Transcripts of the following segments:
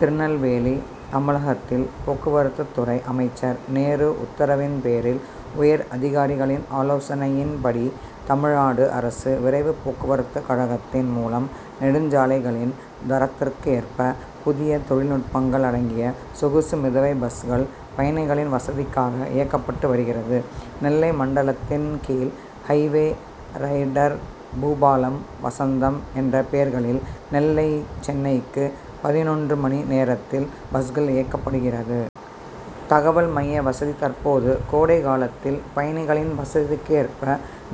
திருநெல்வேலி தமிழகத்தில் போக்குவரத்து துறை அமைச்சர் நேரு உத்தரவின் பேரில் உயர் அதிகாரிகளின் ஆலோசனையின்படி தமிழ்நாடு அரசு விரைவு போக்குவரத்து கழகத்தின் மூலம் நெடுஞ்சாலைகளின் தரத்திற்கு ஏற்ப புதிய தொழில் நுட்பங்கள் அடங்கிய சொகுசு மிதவை பஸ்கள் பயணிகளின் வசதிக்காக இயக்கப்பட்டு வருகிறது. நெல்லை மண்டலத்தின் கீழ் highway rider Boopalam, Vasantham' என்ற பெயர்களில் நெல்லை சென்னைக்கு பதினொன்று மணி நேரத்தில் பஸ்கள் இயக்கப்படுகிறது. தகவல் மைய வசதி தற்போது கோடை காலத்தில் பயணிகளின் வசதிக்கு ஏற்ப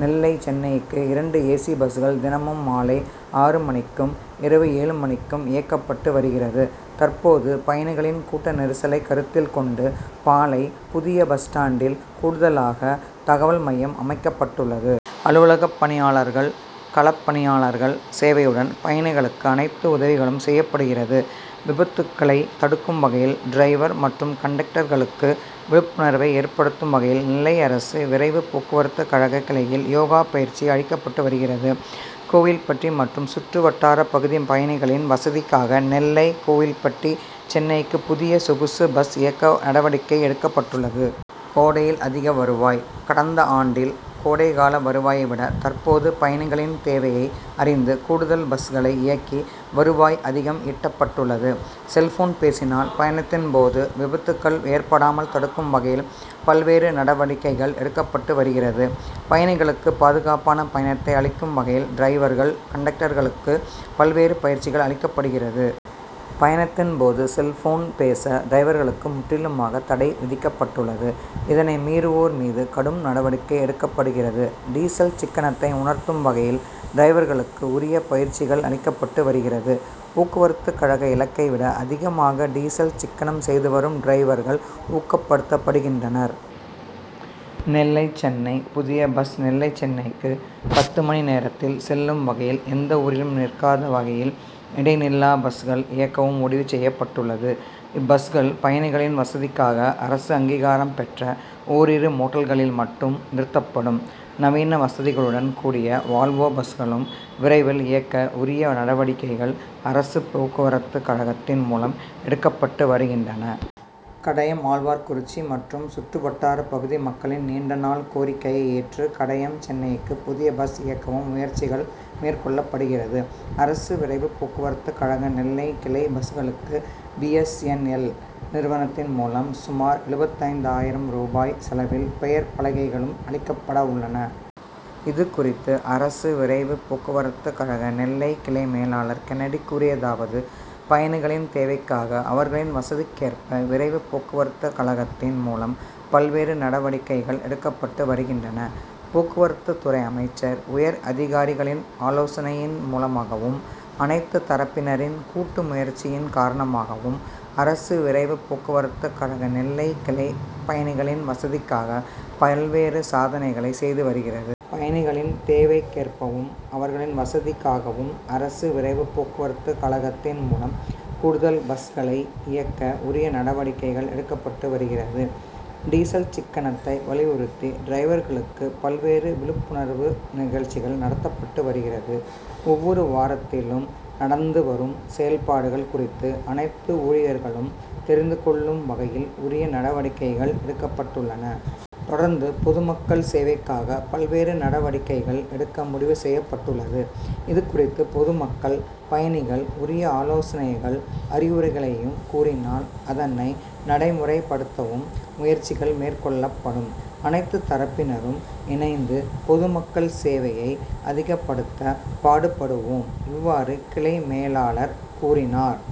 நெல்லை சென்னைக்கு இரண்டு ஏ. சி பஸ்கள் தினமும் மாலை ஆறு மணிக்கும், இரவு ஏழு மணிக்கும் இயக்கப்பட்டு வருகிறது. தற்போது பயணிகளின் கூட்ட நெரிசலை கருத்தில் கொண்டு பாளை புதிய பஸ்ஸ்டான்டில் கூடுதலாக தகவல் மையம் அமைக்கப்பட்டுள்ளது. அலுவலக பணியாளர்கள், களப் பணியாளர்கள் சேவையுடன் பயணிகளுக்கு அனைத்து உதவிகளும் செய்யப்படுகிறது. விபத்துக்களை தடுக்கும் வகையில் டிரைவர் மற்றும் கண்டக்டர்களுக்கு விழிப்புணர்வை ஏற்படுத்தும் வகையில் நெல்லை அரசு விரைவு போக்குவரத்து கழக கிளையில் யோகா பயிற்சி அளிக்கப்பட்டு வருகிறது. கோவில்பட்டி மற்றும் சுற்று வட்டார பகுதி பயணிகளின் வசதிக்காக நெல்லை கோவில்பட்டி சென்னைக்கு புதிய சொகுசு பஸ் இயக்க நடவடிக்கை எடுக்கப்பட்டுள்ளது. கோடையில் அதிக வருவாய் கடந்த ஆண்டில் கோடை கால வருவாயை விட தற்போது பயணிகளின் தேவையை அறிந்து கூடுதல் பஸ்களை இயக்கி வருவாய் அதிகம் ஈட்டப்பட்டுள்ளது. செல்போன் பேசினால் பயணத்தின் போது விபத்துக்கள் ஏற்படாமல் தடுக்கும் வகையில் பல்வேறு நடவடிக்கைகள் எடுக்கப்பட்டு வருகிறது. பயணிகளுக்கு பாதுகாப்பான பயணத்தை அளிக்கும் வகையில் டிரைவர்கள், கண்டக்டர்களுக்கு பல்வேறு பயிற்சிகள் அளிக்கப்படுகிறது. பயணத்தின் போது செல்போன் பேச டிரைவர்களுக்கு முற்றிலுமாக தடை விதிக்கப்பட்டுள்ளது. இதனை மீறுவோர் மீது கடும் நடவடிக்கை எடுக்கப்படுகிறது. டீசல் சிக்கனத்தை உணர்த்தும் வகையில் டிரைவர்களுக்கு உரிய பயிற்சிகள் அளிக்கப்பட்டு வருகிறது. போக்குவரத்து கழக இலக்கை விட அதிகமாக டீசல் சிக்கனம் செய்து வரும் டிரைவர்கள் ஊக்கப்படுத்தப்படுகின்றனர். நெல்லை சென்னை புதிய பஸ் நெல்லை சென்னைக்கு பத்து மணி நேரத்தில் செல்லும் வகையில் எந்த ஊரிலும் நிற்காத வகையில் இடைநில்லா பஸ்கள் இயக்கவும் முடிவு செய்யப்பட்டுள்ளது. இப்பஸ்கள் பயணிகளின் வசதிக்காக அரசு அங்கீகாரம் பெற்ற ஓரிரு மோட்டல்களில் மட்டுமே நிறுத்தப்படும். நவீன வசதிகளுடன் கூடிய வால்வோ பஸ்களும் விரைவில் இயக்க உரிய நடவடிக்கைகள் அரசு போக்குவரத்து கழகத்தின் மூலம் எடுக்கப்பட்டு வருகின்றன. கடையம், ஆழ்வார்குறிச்சி மற்றும் சுற்று வட்டார பகுதி மக்களின் நீண்ட நாள் கோரிக்கையை ஏற்று கடையம் சென்னைக்கு புதிய பஸ் இயக்கவும் முயற்சிகள் மேற்கொள்ளப்படுகிறது. அரசு விரைவு போக்குவரத்து கழக நெல்லை கிளை பஸ்களுக்கு பி. எஸ். என். எல் நிறுவனத்தின் மூலம் சுமார் எழுபத்தைந்து ஆயிரம் ரூபாய் செலவில் பெயர் பலகைகளும் அளிக்கப்பட உள்ளன. இதுகுறித்து அரசு விரைவு போக்குவரத்து கழக நெல்லை கிளை மேலாளர் கென்னடி கூறியதாவது பயணிகளின் தேவைக்காக அவர்களின் வசதிக்கேற்ப விரைவு போக்குவரத்து கழகத்தின் மூலம் பல்வேறு நடவடிக்கைகள் எடுக்கப்பட்டு வருகின்றன. போக்குவரத்து துறை அமைச்சர், உயர் அதிகாரிகளின் ஆலோசனையின் மூலமாகவும், அனைத்து தரப்பினரின் கூட்டு முயற்சியின் காரணமாகவும் அரசு விரைவு போக்குவரத்து கழக நெல்லை கிளை பயணிகளின் வசதிக்காக பல்வேறு சாதனைகளை செய்து வருகிறது. பயணிகளின் தேவைக்கேற்பவும், அவர்களின் வசதிக்காகவும் அரசு விரைவு போக்குவரத்து கழகத்தின் மூலம் கூடுதல் பஸ்களை இயக்க உரிய நடவடிக்கைகள் எடுக்கப்பட்டு வருகிறது. டீசல் சிக்கனத்தை வலியுறுத்தி டிரைவர்களுக்கு பல்வேறு விழிப்புணர்வு நிகழ்ச்சிகள் நடத்தப்பட்டு வருகிறது. ஒவ்வொரு வாரத்திலும் நடந்து வரும் செயல்பாடுகள் குறித்து அனைத்து ஊழியர்களும் தெரிந்து கொள்ளும் வகையில் உரிய நடவடிக்கைகள் எடுக்கப்பட்டுள்ளன. தொடர்ந்து பொதுமக்கள் சேவைக்காக பல்வேறு நடவடிக்கைகள் எடுக்க முடிவு செய்யப்பட்டுள்ளது. இதுகுறித்த பொதுமக்கள், பயணிகள் உரிய ஆலோசனைகள், அறிவுரைகளையும் கூறினால் அதனை நடைமுறைப்படுத்தவும் முயற்சிகள் மேற்கொள்ளப்படும். அனைத்து தரப்பினரும் இணைந்து பொதுமக்கள் சேவையை அதிகப்படுத்த பாடுபடுவோம். இவ்வாறு கிளை மேலாளர் கூறினார்.